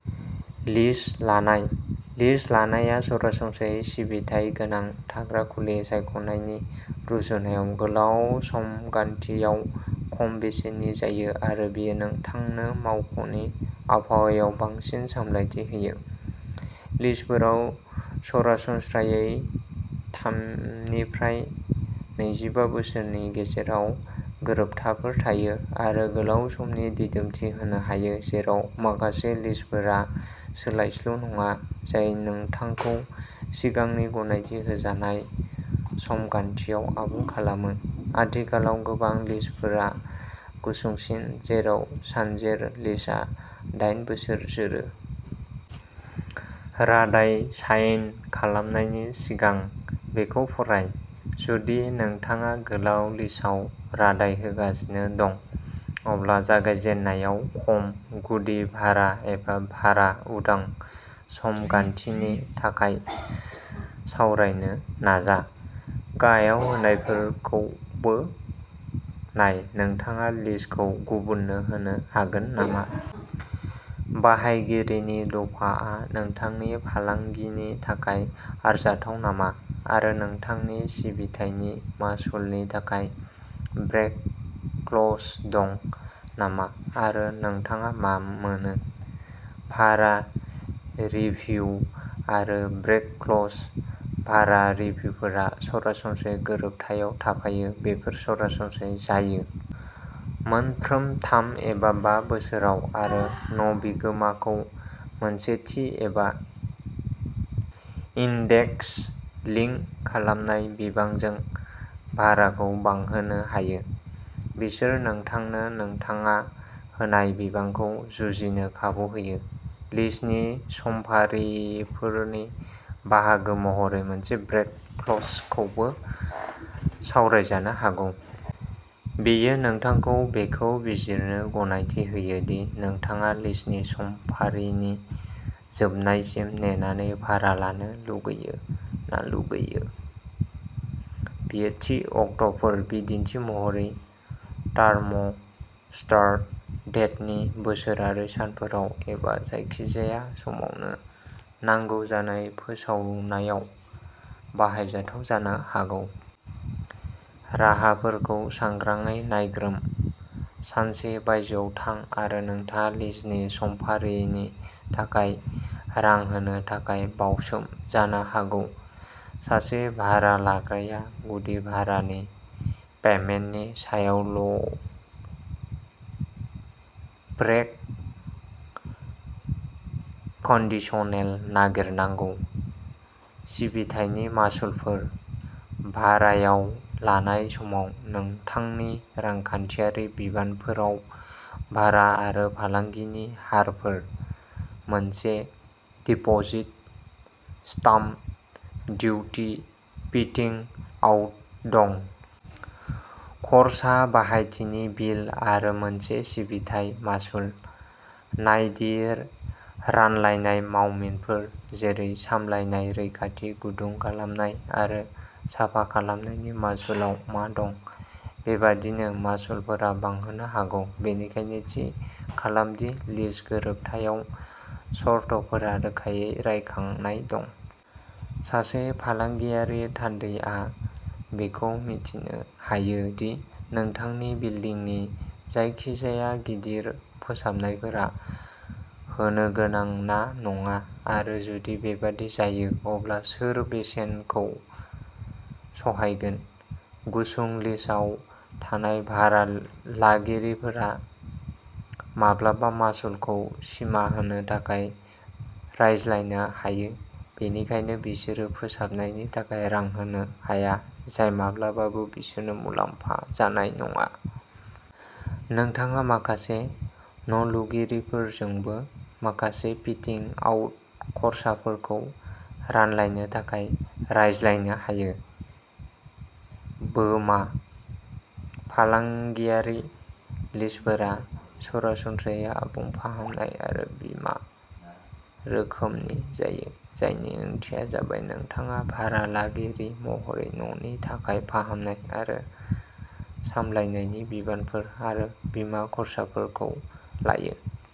लिज लानायः लिज लानायआ सरासनस्रायै सिबिथाय गोनां थाग्रा खुलि सायख'नायनि रुजुनायाव गोलाव समगान्थियाव खम बेसेननि जायो आरो बेयो नोंथांनो मावख'नि आबहावायाव बांसिन सामलायथि होयो। लिजफोराव सरासनस्रायै थामनिफ्राय नैजिबा बोसोरनि गेजेराव गोरोबथाफोर थायो आरो गोलाव समनि दिदोमथि होनो हायो, जेराव माखासे लिजफोरा सोलायस्लु नङा, जाय नोंथांखौ सिगांनि गनायथि होजानाय समगान्थियाव आबुं खालामो, आथिखालाव गोबां लिजफोरा गुसुंसिन, जेराव सानजेर लिजआ दाइन बोसोर जोरो। रादाय साइन खालामनायनि सिगां बेखौ फराय। जुदि नोंथाङा गोलाव लिजआव रादाय होगासिनो दं, अब्ला जागायजेननायाव खम गुदि भारा एबा भारा-उदां समगान्थिनि थाखाय सावरायनो नाजा। गाहायाव होनायफोरखौबो नायः नोंथाङा लिजखौ गुबुननो होनो हागोन नामा? बाहायगिरिनि दफाआ नोंथांनि फालांगिनि थाखाय आरजाथाव नामा? आरो नोंथांनि सिबिथायनि मासुलनि थाखाय ब्रेक क्लज दं नामा आरो नोंथाङा मा मोनो? भारा रिभ्यु आरो ब्रेक क्लजः भारा रिभ्युफोरा सरासनस्रायै गोरोबथायाव थाफायो। बेफोर सरासनस्रायै जायो। मोनफ्रोम थाम एबा बा बोसोराव आरो न'बिगोमाखौ मोनसे थि एबा इन्डेक्स-लिंक खालामनाय बिबांजों भाराखौ बांहोनो हायो। बिसोर नोंथांनो नोंथाङा होनाय बिबांखौ जुजिनो खाबु होयो। लीजनि समफारिफोरनि बाहागो महरै मोनसे ब्रेक क्लजखौबो सावरायजानो हागौ। बेयो नोंथांखौ बेखौ बिजिरनो गनायथि होयो दि नोंथाङा लीजनि समफारिनि जोबनायसिम नेनानै भारा लानो लुगैयो ना लुगैयो। बेयो थि अक्ट'फोर-बिदिन्थि महरै टार्म स्टार्ट डेटनि बोसोरारि सानफोराव-एबा जायखिजाया समावनो नांगौ जानाय फोसावनायाव बाहायजाथाव जानो हागौ। राहाफोरखौ सांग्राङै नायग्रोम; सानसे बायजोआव थां आरो नोंथाङा लीजनि समफारिनि थाखाय रां होनो थाखाय बाउसोम जानो हागौ। सासे भारा लाग्राया गुदि भारानि पेमेन्टनि सायावल'ब्रेक कन्डिशनेल नागिरनांगौ। सिबिथायनि मासुलफोरः भारायाव लानाय समाव नोंथांनि रांखान्थियारि बिबानफोराव भारा आरो फालांगिनि हारफोर, मोनसे डिपोजिट, स्टाम्प डिउटि, फिटिं-आउट दं। खर्सा, बाहायथिनि बिल आरो मोनसे सिबिथाय मासुल। नायदि रानलायनाय मावमिनफोर जेरै सामलायनाय, रैखाथि, गुदुं खालामनाय आरो साफा खालामनायनि मासुलआव मा दं। बेबायदिनो, मासुलफोरा बांहोनो हागौ, बेनिखायनो थि खालाम दि लिज गोरोबथायाव सर्तफोरा रोखायै रायखांनाय दं। सासे फालांगियारि थान्दैआ बेखौ मिथिनो हायो दि नोंथांनि बिल्दिंनि जायखिजाया गिदिर फोसाबनायफोरा होनोगोनां ना नङा आरो जुदि बेबादि जायो अब्ला सोर बेसेनखौ सहायगोन। गुसुं लिजआव थानाय भारा लागिरिफोरा माब्लाबा मासुलखौ सिमा होनो थाखाय रायज्लायनो हायो, बेनिखायनो बिसोरो फोसाबनायनि थाखाय रां होनो हाया जाय माब्लाबाबो बिसोरनो मुलाम्फा जानाय नङा। नोंथाङा माखासे न'लुगिरिफोरजोंबो माखासे फिटिं-आउट खर्साफोरखौ रानलायनो थाखाय रायज्लायनो हायो। बोमाः फालांगियारि लिजफोरा सरासनस्रायै'आबुं फाहामनाय आरो बोमा' रोखोमनि जायो, जायनि ओंथिया जाबाय नोंथाङा भारा लागिरि महरै न'नि थाखाय फाहामनाय आरो सामलायनायनि बिबानफोर आरो बीमा खर्साफोरखौ लायो।